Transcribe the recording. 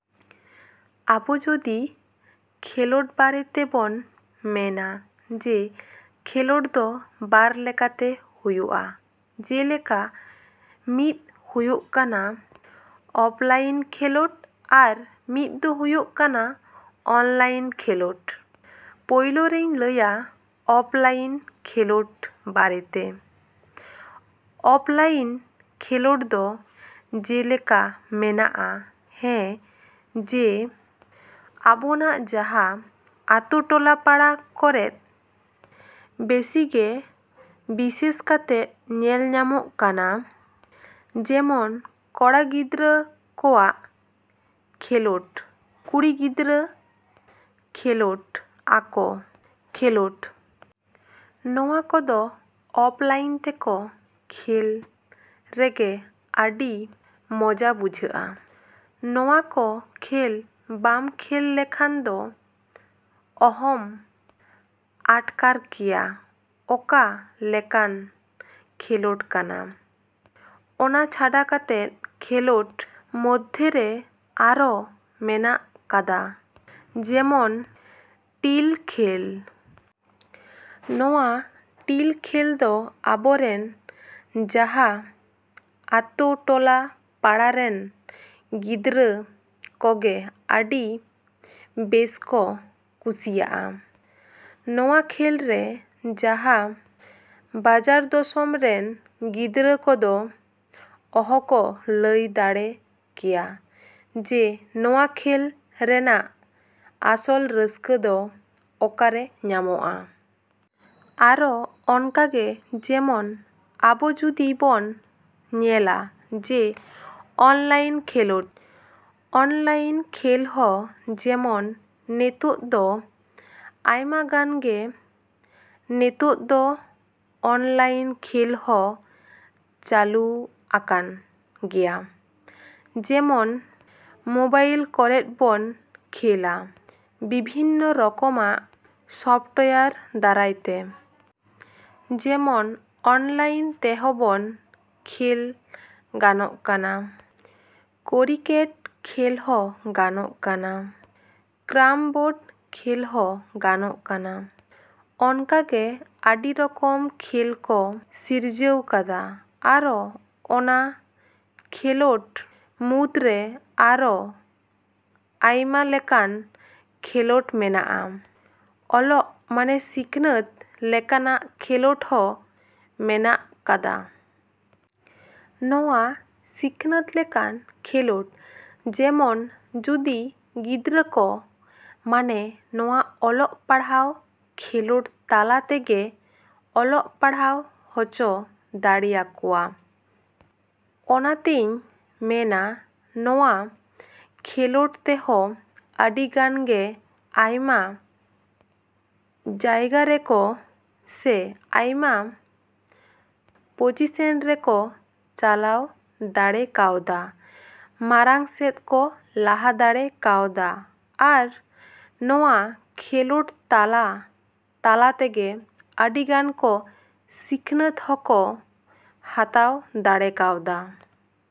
ᱟᱵᱚ ᱡᱩᱫᱤ ᱠᱷᱮᱞᱳᱰ ᱵᱟᱨᱮ ᱛᱮᱵᱚᱱ ᱢᱮᱱᱟ, ᱡᱮ ᱠᱷᱮᱞᱳᱰ ᱫᱚ ᱵᱟᱨ ᱞᱮᱠᱟᱛᱮ ᱦᱩᱭᱩᱜᱼᱟ᱾ ᱡᱮᱞᱮᱠᱟ ᱢᱤᱫ ᱦᱩᱭᱩᱜ ᱠᱟᱱᱟ ᱚᱯᱷᱞᱟᱭᱤᱱ ᱠᱷᱮᱞᱳᱰ ᱟᱨ ᱢᱤᱫ ᱫᱚ ᱦᱩᱭᱩᱜ ᱠᱟᱱᱟ ᱚᱱᱞᱟᱭᱤᱱ ᱠᱷᱮᱞᱳᱰ᱾ ᱯᱳᱭᱞᱚᱨᱤᱧ ᱞᱟᱹᱭᱟ ᱚᱯᱷᱞᱟᱭᱤᱱ ᱠᱷᱮᱞᱳᱰ ᱵᱟᱨᱮᱛᱮ᱾ ᱚᱯᱷᱞᱟᱭᱤᱱ ᱠᱷᱮᱞᱳᱰ ᱫᱚ ᱡᱮᱞᱮᱠᱟ ᱢᱮᱱᱟᱜᱼᱟ, ᱦᱮᱸ ᱡᱮ ᱟᱵᱚᱱᱟᱜ ᱡᱟᱦᱟᱸ ᱟᱛᱳ ᱴᱚᱞᱟ ᱯᱟᱲᱟ ᱠᱚᱨᱮ ᱵᱮᱥᱤᱜᱮ ᱵᱤᱥᱮᱥ ᱠᱟᱨᱛᱮ ᱧᱮᱞ ᱧᱟᱢᱚᱜ ᱠᱟᱱᱟ ᱡᱮᱢᱚᱱ ᱠᱚᱲᱟ ᱜᱤᱫᱽᱨᱟᱹ ᱠᱚᱣᱟᱜ ᱠᱷᱮᱞᱳᱰ, ᱠᱩᱲᱤ ᱜᱤᱫᱽᱨᱟᱹ ᱠᱷᱮᱞᱳᱜᱰ ᱟᱠᱚ ᱠᱷᱮᱞᱳᱰ᱾ ᱱᱚᱣᱟ ᱠᱚᱫᱚ ᱚᱯᱷᱞᱟᱭᱤᱱ ᱛᱮᱠᱚ ᱠᱷᱮᱞ ᱨᱮᱜᱮ ᱟᱹᱰᱤ ᱢᱚᱡᱟ ᱵᱩᱡᱷᱟᱹᱜᱼᱟ᱾ ᱱᱚᱣᱟ ᱠᱚ ᱠᱷᱮᱞ ᱵᱟᱢ ᱠᱷᱮᱞ ᱞᱮᱠᱷᱟᱱ ᱫᱚ ᱚᱦᱚᱢ ᱟᱴᱠᱟᱨ ᱠᱮᱭᱟ ᱚᱠᱟ ᱞᱮᱠᱟᱱ ᱠᱷᱮᱞᱳᱰ ᱠᱟᱱᱟ᱾ ᱚᱱᱟ ᱪᱷᱟᱰᱟ ᱠᱟᱛᱮ ᱠᱷᱮᱞᱳᱰ ᱢᱚᱫᱽᱫᱷᱮᱨᱮ ᱟᱨᱚ ᱢᱮᱱᱟᱜ ᱠᱟᱫᱟ ᱡᱮᱢᱚᱱ ᱴᱤᱞ ᱠᱷᱮᱞ᱾ ᱱᱚᱣᱟ ᱴᱤᱞ ᱠᱷᱮᱞ ᱫᱚ ᱟᱵᱚᱨᱮᱱ ᱡᱟᱦᱟᱸ ᱟᱛᱳ ᱴᱚᱞᱟ ᱯᱟᱲᱟ ᱨᱮᱱ ᱜᱤᱫᱽᱨᱟᱹ ᱠᱚᱜᱮ ᱟᱹᱰᱤ ᱵᱮᱥᱠᱚ ᱠᱩᱥᱤᱭᱟᱜᱼᱟ᱾ ᱱᱚᱣᱟ ᱠᱷᱮᱞ ᱨᱮ ᱡᱟᱦᱟᱸ ᱵᱟᱡᱟᱨ ᱫᱚᱥᱚᱢ ᱨᱮᱱ ᱜᱤᱫᱽᱨᱟᱹ ᱠᱚᱫᱚ ᱚᱦᱚᱠᱚ ᱞᱟᱹᱭ ᱫᱟᱲᱮ ᱠᱮᱭᱟ ᱡᱮ ᱱᱚᱣᱟ ᱠᱷᱮᱞ ᱨᱮᱱᱟᱜ ᱟᱥᱚᱞ ᱨᱟᱹᱥᱠᱟᱹ ᱫᱚ ᱚᱠᱟᱨᱮ ᱧᱟᱢᱚᱜᱼᱟ᱾ ᱟᱨᱚ ᱚᱱᱠᱟᱜᱮ ᱡᱮᱢᱚᱱ ᱟᱵᱚ ᱡᱩᱫᱤ ᱵᱚᱱ ᱧᱮᱞᱟ ᱡᱮ ᱚᱱᱞᱟᱭᱤᱱ ᱠᱷᱮᱞᱳᱰ᱾ ᱚᱱᱞᱟᱭᱤᱱ ᱠᱷᱮᱞ ᱦᱚᱸ ᱡᱮᱢᱚᱱ ᱱᱤᱛᱚᱜ ᱫᱚ ᱟᱭᱢᱟᱜᱟᱱᱜᱮ ᱱᱤᱛᱚᱜ ᱫᱚ ᱚᱱᱞᱟᱭᱤᱱ ᱠᱷᱮᱞ ᱦᱚᱸ ᱪᱟᱹᱞᱩ ᱟᱠᱟᱱ ᱜᱮᱭᱟ ᱡᱮᱢᱚᱱ ᱢᱳᱵᱟᱭᱤᱞ ᱠᱚᱨᱮᱜ ᱵᱚᱱ ᱠᱷᱮᱞᱮᱜᱼᱟ ᱵᱤᱵᱷᱤᱱᱱᱚ ᱨᱚᱠᱚᱢᱟᱜ ᱥᱚᱯᱷᱴᱣᱮᱭᱟᱨ ᱫᱟᱨᱟᱭ ᱛᱮ᱾ ᱡᱮᱢᱚᱱ ᱚᱱᱞᱟᱭᱤᱱ ᱛᱮᱦᱚᱸ ᱵᱚᱞ ᱠᱷᱮᱞ ᱜᱟᱱᱚᱜ ᱠᱟᱱᱟ, ᱠᱨᱤᱠᱮᱴ ᱠᱷᱮᱞ ᱦᱚᱸ ᱜᱟᱱᱚᱜ ᱠᱟᱱᱟ, ᱠᱮᱨᱟᱢ ᱵᱳᱨᱰ ᱠᱷᱮᱞ ᱦᱚᱸ ᱜᱟᱱᱚᱜ ᱠᱟᱱᱟ᱾ ᱚᱱᱠᱟᱜᱮ ᱟᱹᱰᱤ ᱨᱚᱠᱚᱢ ᱠᱷᱮᱞ ᱠᱚ ᱥᱤᱨᱡᱟᱹᱣ ᱠᱟᱫᱟ ᱟᱨᱚ ᱚᱱᱟ ᱠᱷᱮᱞᱳᱰ ᱢᱩᱫᱽᱨᱮ ᱟᱨᱚ ᱟᱭᱢᱟ ᱞᱮᱠᱟᱱ ᱠᱷᱮᱞᱳᱰ ᱢᱮᱱᱟᱜᱼᱟ, ᱚᱞᱚᱜ ᱢᱟᱱᱮ ᱥᱤᱠᱷᱱᱟᱹᱛ ᱞᱮᱠᱟᱱᱟᱜ ᱠᱷᱮᱞᱳᱰ ᱦᱚᱸ ᱢᱮᱱᱟᱜ ᱠᱟᱫᱟ᱾ ᱱᱚᱣᱟ ᱥᱤᱠᱷᱱᱟᱹᱛ ᱞᱮᱠᱟᱱᱟᱜ ᱠᱷᱮᱞᱳᱰ ᱡᱮᱢᱚᱱ ᱡᱩᱫᱤ ᱜᱤᱫᱽᱨᱟᱹ ᱠᱚ ᱢᱟᱱᱮ ᱱᱚᱣᱟ ᱚᱞᱚᱜ ᱯᱟᱲᱦᱟᱣ ᱠᱷᱮᱞᱳᱰ ᱛᱟᱞᱟ ᱛᱮᱜᱮ ᱚᱞᱚᱜ ᱯᱟᱲᱦᱟᱣ ᱦᱚᱪᱚ ᱫᱟᱲᱮᱭᱟᱠᱚᱣᱟ᱾ ᱚᱱᱟᱛᱮᱧ ᱢᱮᱱᱟ ᱱᱚᱣᱟ ᱠᱷᱮᱞᱳᱰ ᱛᱮᱦᱚᱸ ᱟᱹᱰᱤᱜᱟᱱ ᱜᱮ ᱟᱭᱢᱟ ᱡᱟᱭᱜᱟ ᱨᱮᱠᱚ ᱥᱮ ᱟᱭᱢᱟ ᱯᱚᱡᱤᱥᱮᱱ ᱨᱮᱠᱚ ᱪᱟᱞᱟᱣ ᱫᱟᱲᱮ ᱠᱟᱣᱫᱟ, ᱢᱟᱲᱟᱝ ᱥᱮᱫ ᱠᱚ ᱞᱟᱦᱟ ᱫᱟᱲᱮ ᱠᱟᱣᱫᱟ ᱟᱨ ᱱᱚᱣᱟ ᱠᱷᱮᱞᱳᱰ ᱛᱟᱞᱟ ᱛᱟᱞᱟ ᱛᱮᱜᱮ ᱟᱹᱰᱤᱜᱟᱱ ᱠᱚ ᱥᱤᱠᱷᱱᱟᱹᱛ ᱦᱚᱸ ᱠᱚ ᱦᱟᱛᱟᱣ ᱫᱟᱲᱮ ᱠᱟᱣᱫᱟ᱾